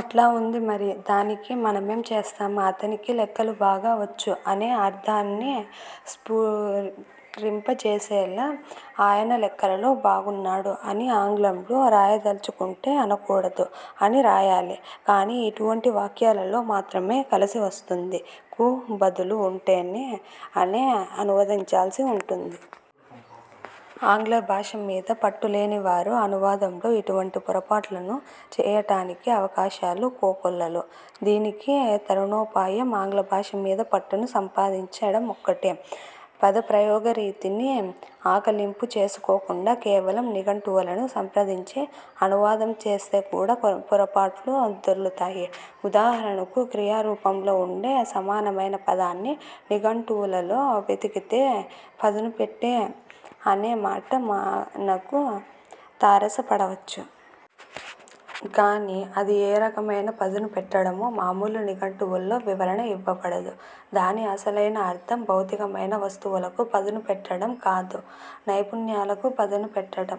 అట్లా వుంది మరి. దానికి మనమేం చేస్తాం! అతనికి లెక్కలు బాగా వచ్చు అనే అర్థాన్ని స్ఫురింపజేసేలా ఆయన లెక్కలలో బాగున్నాడు అని ఆంగ్లంలో రాయదల్చుకుంటే అనకూడదు, అని రాయాలి. కాని, ఇటువంటి వాక్యాలలో మాత్రమే కలిసి వస్తుంది. కు బదులు ఉంటే, అనే అనువదించాల్సి వుంటుంది. ఆంగ్లభాష మీద పట్టులేనివారు అనువాదంలో ఇటువంటి పొరపాట్లను చేయటానికి అవకాశాలు కోకొల్లలు. దీనికి తరుణోపాయం ఆంగ్ల భాష మీద పట్టును సంపాదించడమొక్కటే. పదప్రయోగ రీతిని ఆకళింపు చేసుకోకుండా కేవలం నిఘంటువులను సంప్రదించి అనువాదం చేస్తే కూడా పొరపాట్లు దొర్లుతాయి. ఉదాహరణకు క్రియారూపంలో ఉండే సమానమైన పదాన్ని నిఘంటువులలో వెతికితే పదును పెట్టు అనే మాట మానకు తారసపడవచ్చు. కాని, అది ఏ రకమైన పదును పెట్టడమో మామూలు నిఘంటువుల్లో వివరణ ఇవ్వబడదు. దాని అసలైన అర్థం భౌతికమైన వస్తువులకు పదును పెట్టటం కాదు, నైపుణ్యాలకు పదును పెట్టటం.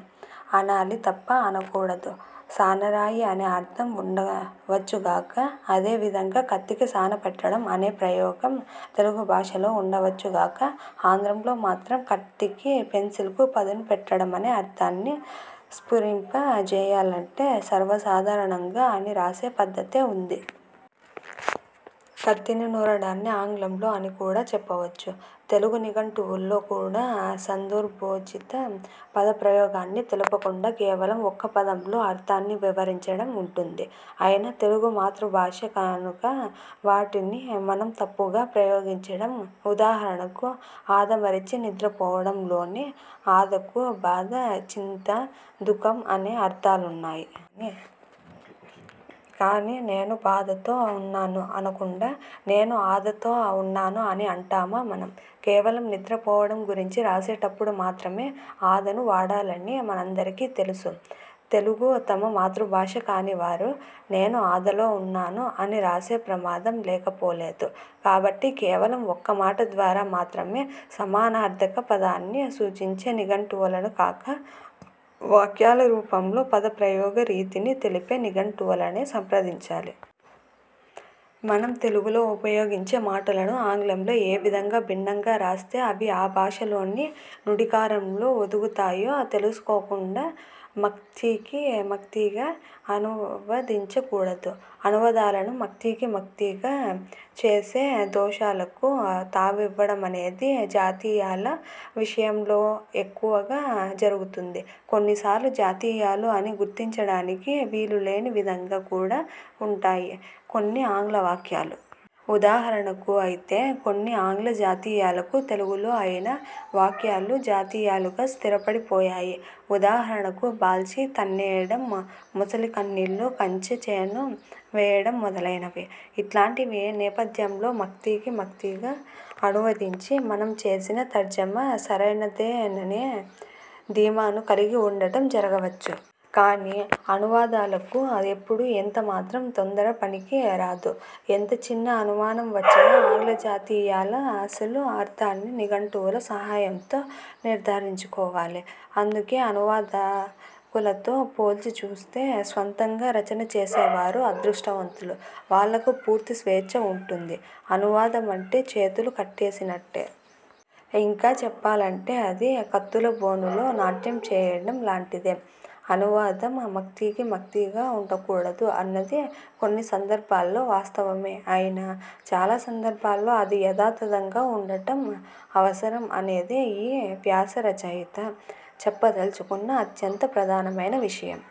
అనాలి తప్ప అనకూడదు. సానరాయి అనే అర్థం ఉండవచ్చు గాక. అదే విధంగా 'కత్తికి సాన పెట్టడం' అనే ప్రయోగం తెలుగు భాషలో ఉండవచ్చు గాక ఆంగ్లంలో మాత్రం కత్తికి పెన్సిల్ కు పదును పెట్టడమనే అర్థాన్ని స్ఫురింపజేయాలంటే సర్వసాధారణంగా అని రాసే పద్ధతే ఉంది. కత్తిని నూరడాన్ని ఆంగ్లంలో అని కూడా చెప్పవచ్చు. తెలుగు నిఘంటువుల్లో కూడా సందర్భోచిత పదప్రయోగాన్ని తెలుపకుండా కేవలం ఒక్క పదంలో అర్థాన్ని వివరించడం ఉంటుంది. అయినా తెలుగు మన మాతృభాష కానుక వాటిని మనం తప్పుగా ప్రయోగించం. ఉదాహరణకు 'ఆదమరచి నిద్ర పోవడం' లోని ఆదకు బాధ, చింత, దుఃఖం అనే అర్థాలున్నాయి. కాని, నేను బాధతో ఉన్నాను అనకుండా, నేను ఆదతో ఉన్నాను అని అంటామా మనం? కేవలం నిద్రపోవడం గురించి రాసేటప్పుడు మాత్రమే 'ఆద'ను వాడాలని మనందరికీ తెలుసు. తెలుగు తమ మాతృభాష కానివారు 'నేను ఆదలో ఉన్నాను' అని రాసే ప్రమాదం లేకపోలేదు. కాబట్టి, కేవలం ఒక్క మాట ద్వారా మాత్రమే సమానార్థక పదాన్ని సూచించే నిఘంటువులను కాక, వాక్యాల రూపంలో పదప్రయోగ రీతిని తెలిపే నిఘంటువులనే సంప్రదించాలి. మనం తెలుగులో ఉపయోగించే మాటలను ఆంగ్లంలో ఏ విధంగా భిన్నంగా రాస్తే అవి ఆ భాషలోని నుడికారంలో ఒదుగుతాయో తెలుసుకోకుండా మక్ఖీకి మక్ఖీగా అనువదించ కూడదు. అనువాదాలను మక్ఖీకి మక్ఖీగా చేసి దోషాలకు తావివ్వడమనేది జాతీయాల విషయంలో ఎక్కువగా జరుగుతుంది. కొన్నిసార్లు జాతీయాలు అని గుర్తించడానికి వీలులేని విధంగా కూడా ఉంటాయి కొన్ని ఆంగ్ల వాక్యాలు. ఉదాహరణకు అయితే కొన్ని ఆంగ్ల జాతీయాలకు తెలుగులో అయిన వాక్యాలు జాతీయాలుగా స్థిరపడి పోయాయి. ఉదాహరణకు బాల్చీ తన్నేయడం మొసలి కన్నీళ్లు కంచే చేను మేయడం మొదలైనవి. ఇట్లాంటి నేపథ్యంలో మక్ఖీకి మక్ఖీగా అనువదించి, మనం చేసిన తర్జుమా సరైనదేననే ధీమాను కలిగి వుండటం జరగవచ్చు! కాని, అనువాదకులకు ఎప్పుడూ, ఎంత మాత్రం తొందర పనికి రాదు. ఎంత చిన్న అనుమానం వచ్చినా ఆంగ్ల జాతీయాల అసలు అర్థాన్ని నిఘంటువుల సహాయంతో నిర్థారించుకోవాలి. అందుకే, అనువాదకులతో పోల్చి చూస్తే స్వంతంగా రచన చేసేవారు అదృష్టవంతులు. వాళ్లకు పూర్తి స్వేచ్ఛ ఉంటుంది. అనువాదమంటే చేతులు కట్టేసినట్టే. ఇంకా చెప్పాలంటే, అది కత్తులబోనులో నాట్యం చేయటం లాంటిదే. అనువాదం మక్ఖీకి మక్ఖీగా ఉండకూడదు అన్నది కొన్ని సందర్భాల్లో వాస్తవమే అయినా, చాలా సందర్భాల్లో అది యథాతథంగా ఉండటం అవసరం అనేదే ఈ వ్యాసరచయిత చెప్పదల్చుకున్న అత్యంత ప్రధానమైన విషయం.